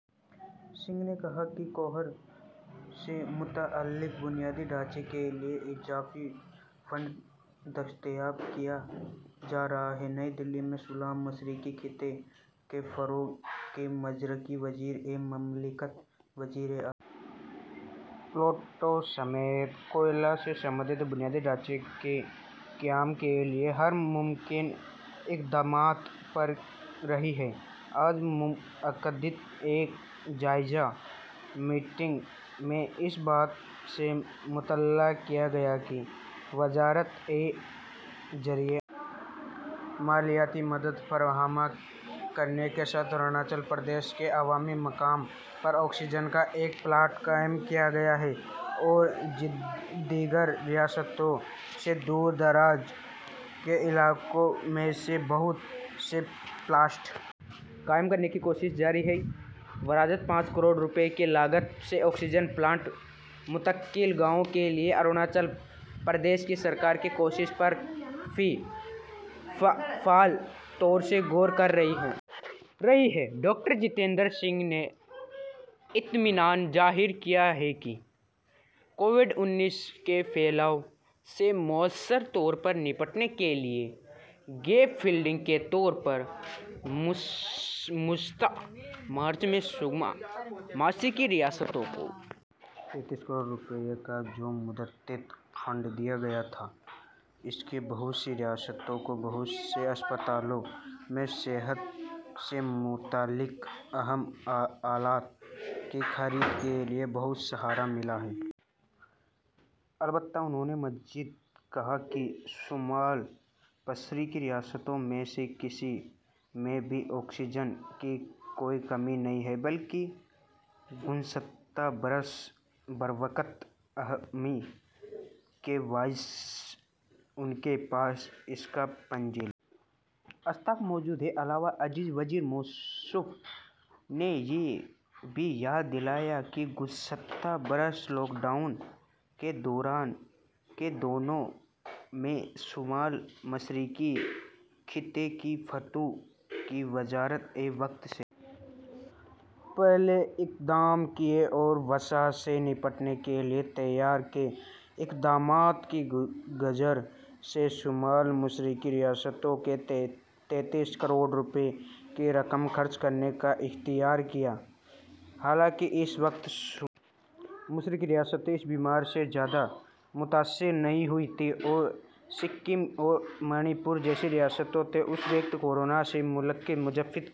سنگھ نے کہا کہ کووڈ سے متعلق بنیادی ڈھانچے کے لیے اضافی فنڈ دستیاب کیا جا رہا ہے نئی دہلی تین مئی شمال مشرقی خطے کے فروغ کے مرکزی وزیر مملکت وزیر اعظم پلانٹوں سمیت کووڈ سے متعلق بنیادی ڈھانچے کے قیام کے لیے ہر ممکنہ اقدامات کر رہی ہے آج منعقدہ ایک جائزہ میٹنگ میں اس بات سے مطلع کیا گیا کہ وزارت کے ذریعہ مالیاتی مدد فراہم کرنے کے ساتھ اروناچل پردیش کے عوامی مقام پر آکسیجن کا ایک پلانٹ قائم کیا گیا ہے اور دیگر ریاستوں کے دور دراز کے علاقوں میں بھی بہت سے پلانٹس قائم کرنے کی کوششیں جاری ہیں وزارت پانچ کروڑ روپے کی لاگت سے آکسیجن کی پانچ متحرک گاڑیوں کے لیے اروناچل پردیش کی سرکار کی تجویز پر بھی فعال طور سے غور کر رہی ہے ڈاکٹر جتیندر سنگھ نے اطمینان ظاہر کیا کہ کووڈ انیس کے پھیلاؤ سے مؤثر طور پر نمٹنے کے لیے گیپ فنڈنگ کے طور پر گزشتہ مارچ میں شمال مشرقی ریاستوں کو پچیس کروڑ روپے کا جو متحد فنڈ دیا گیا تھا اس سے بہت سی ریاستوں کو بہت سے اسپتالوں میں صحت سے متعلق اہم آلات کی خرید کے لیے بہت سہارا ملا ہے البتہ انہوں نے مزید کہا کہ شمال مشرقی ریاستوں میں سے کسی میں بھی آکسیجن کی کوئی کمی نہیں ہے بلکہ گزشتہ برس بروقت فراہمی کے باعث ان کے پاس اس کا فاضل اسٹاک موجود ہے علاوہ ازیں وزیر موصوف نے یہ بھی یاد دہانی کرائی کہ گزشتہ برس لاک ڈاؤن کے اوائل کے دنوں میں شمال مشرقی خطے کے فروغ کی وزارت نے وقت سے پہلے اقدام کیے اور وبا سے نمٹنے کے لیے تیاری کے اقدامات کی غرض سے شمال مشرقی ریاستوں کو پچیس کروڑ روپے کی رقم خرچ کرنے کا اختیار دیا حالانکہ اس وقت شمال مشرقی ریاستیں اس بیماری سے زیادہ متاثر نہیں ہوئی تھیں اور سکم اور منی پور جیسی ریاستیں تو اس وقت کورونا سے بالکل محفوظ تھیں